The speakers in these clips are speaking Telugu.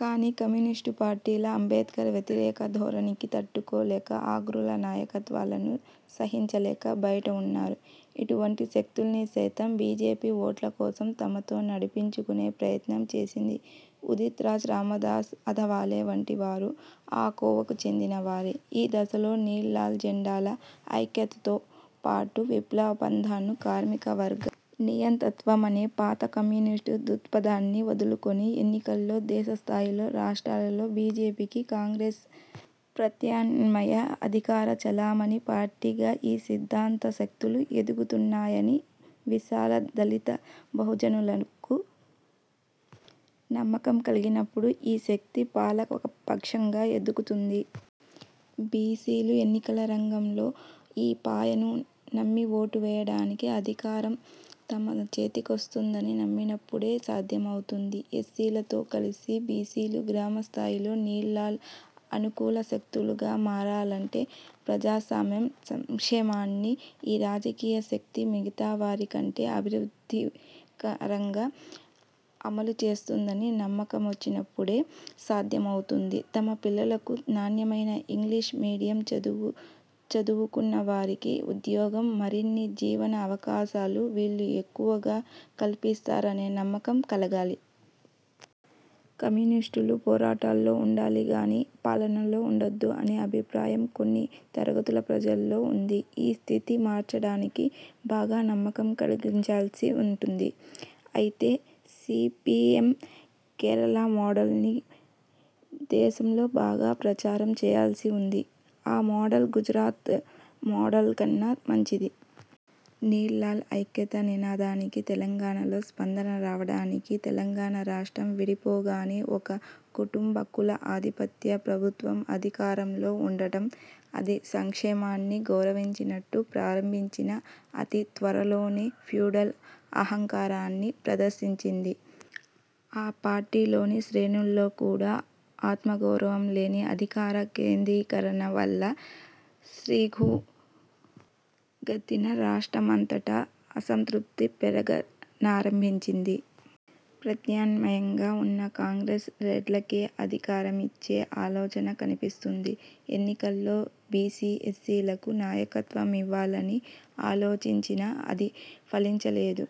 కానీ కమ్యూనిస్టు పార్టీల అంబేడ్కర్ వ్యతిరేక ధోరణికి తట్టుకోలేక, అగ్రకుల నాయకత్వాలను సహించలేక బయట ఉన్నారు. ఇటువంటి శక్తుల్ని సైతం బీజేపీ ఓట్ల కోసం తమతో నడిపించుకునే ప్రయత్నం చేసింది. ఉదిత్రాజ్, రామదాస్ అథవాలే వంటి వారు ఆ కోవకు చెందిన వారే. ఈ దశలో నీల్–లాల్ జెండాల ఐక్యతతో పాటు విప్లవ పంథాను, కార్మికవర్గ నియంతృత్వమనే పాత కమ్యూనిస్టు దృక్పథాన్ని వదులుకొని ఎన్నికల్లో దేశ స్థాయిలో, రాష్ర్టాల్లో బీజేపీకి, కాంగ్రెస్కు ప్రత్యామ్నాయ అధికార చలామణి పార్టీగా ఈ సిద్ధాంత శక్తులు ఎదుగుతున్నాయని విశాల దళిత బహుజనులకు నమ్మకం కలిగినప్పుడు ఈ శక్తి పాలకపక్షంగా ఎదుగుతుంది. బీసీలు ఎన్నికల రంగంలో ఈ పాయను నమ్మి ఓటు వేయడానికి అధికారం తమ చేతికొస్తుందని నమ్మినప్పుడే సాధ్యమవుతుంది. ఎస్సీలతో కలిసి బీసీలు గ్రామస్థాయిలో నీల్–లాల్ అనుకూల శక్తులుగా మారాలంటే ప్రజాస్వామ్య సంక్షేమాన్ని ఈ రాజకీయ శక్తి మిగతా వారికంటే అభివృద్ధికరంగా అమలుచేస్తుందని నమ్మకమొచ్చినప్పుడే సాధ్యమౌతుంది. తమ పిల్లలకు నాణ్యమైన ఇంగ్లీష్ మీడియం చదువు, చదువుకున్న వారికి ఉద్యోగం, మరిన్ని జీవన అవకాశాలు వీళ్ళు ఎక్కువగా కల్పిస్తారనే నమ్మకం కలగాలి. కమ్యూనిస్టులు పోరాటాల్లో ఉండాలి గానీ పాలనలో ఉండొద్దు అనే అభిప్రాయం కొన్ని తరగతుల ప్రజల్లో ఉంది. ఈ స్థితి మార్చడానికి బాగా నమ్మకం కలిగించాల్సి ఉంటుంది. అయితే సీపీఎం కేరళ మోడల్ని దేశంలో బాగా ప్రచారం చెయ్యాల్సి ఉంది. ఆ మోడల్ గుజరాత్ మోడల్ కన్నా మంచిది. నీల్–లాల్ ఐక్యత నినాదానికి తెలంగాణలో స్పందన రావడానికి తెలంగాణ రాష్ట్రం విడిపోగానే ఒక కుటుంబ, కుల ఆధిపత్య ప్రభుత్వం అధికారంలో ఉండడం. అది సంక్షేమాన్ని గౌరవించినట్టు ప్రారంభించినా, అతి త్వరలోనే ఫ్యూడల్ అహంకారాన్ని ప్రదర్శించింది. ఆ పార్టీలోని శ్రేణుల్లో కూడా ఆత్మగౌరవం లేని అధికార కేంద్రీకరణ వల్ల శీఘ్రగతిన రాష్ట్రమంతటా అసంతృప్తి పెరగనారంభించింది. ప్రత్యామ్నాయంగా ఉన్న కాంగ్రెస్ రెడ్లకే అధికారమిచ్చే ఆలోచన కనిపిస్తుంది. ఎన్నికల్లో బీసీ, ఎస్సీలకు నాయకత్వమివ్వాలని ఆలోచించినా అది ఫలించలేదు.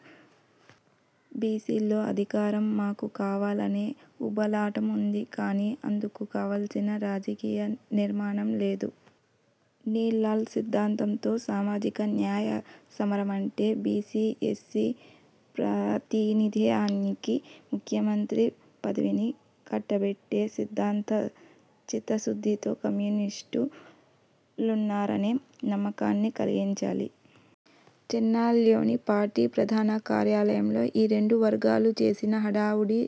బీసీల్లో అధికారం మాకు కావాలనే ఉబలాటం ఉంది కానీ అందుకు కావలసిన రాజకీయ నిర్మాణం లేదు. నీల్–లాల్ సిద్ధాంతంతో సామాజిక న్యాయ సమరమంటే బీసీ, ఎస్సీ ప్రాతినిధ్యానికి ముఖ్యమంత్రి పదవిని కట్టబెట్టే సిద్ధాంత చిత్తశుద్ధితో కమ్యూనిస్టులున్నారనే నమ్మకాన్ని కలిగించాలి. చెన్నయ్లోని పార్టీ ప్రధాన కార్యాలయంలో ఈ రెండు వర్గాలు చేసిన హడావుడి,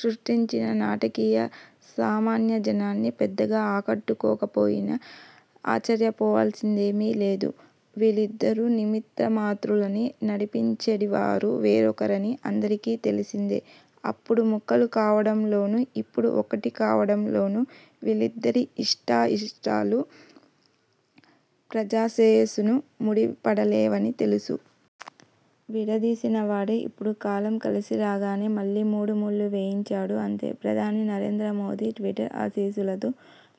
సృష్టించిన నాటకీయత సామాన్యజనాన్ని పెద్దగా ఆకట్టుకోకపోయినా ఆశ్చర్యపోవాల్సిందేమీ లేదు. వీరిద్దరూ నిమిత్తమాత్రులనీ, నడిపించెడివారు వేరొకరని అందరికీ తెలిసిందే. అప్పుడు ముక్కలు కావడంలోనూ, ఇప్పుడు ఒక్కటి కావడంలోనూ వీరిద్దరి ఇష్టాయిష్టాలు, ప్రజాశ్రేయస్సు ముడిపడిలేవనీ తెలుసు. విడదీసినవాడే ఇప్పుడు కాలం కలిసిరాగానే మళ్ళీ మూడుముళ్ళు వేయించాడు అంతే. ప్రధాని నరేంద్రమోదీ ట్విట్టర్ ఆశీస్సులతో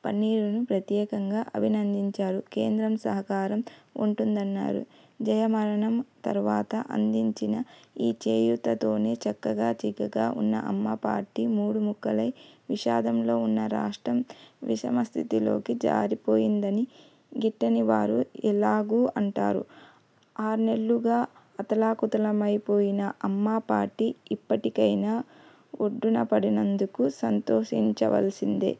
పన్నీరును ప్రత్యేకంగా అభినందించారు. కేంద్రం సహకారం ఉంటుందన్నారు. జయ మరణం తరువాత అందించిన ఈ చేయూతతోనే చక్కగా చిక్కగా ఉన్న అమ్మ పార్టీ మూడు ముక్కలై, విషాదంలో ఉన్న రాష్ట్రం విషమ స్థితిలోకి జారిపోయిందని గిట్టనివారు ఎలాగూ అంటారు. ఆర్నెల్లుగా అతలాకుతలమైపోయిన అమ్మపార్టీ ఇప్పటికైనా ఒడ్డునపడినందుకు సంతోషించవలసిందే.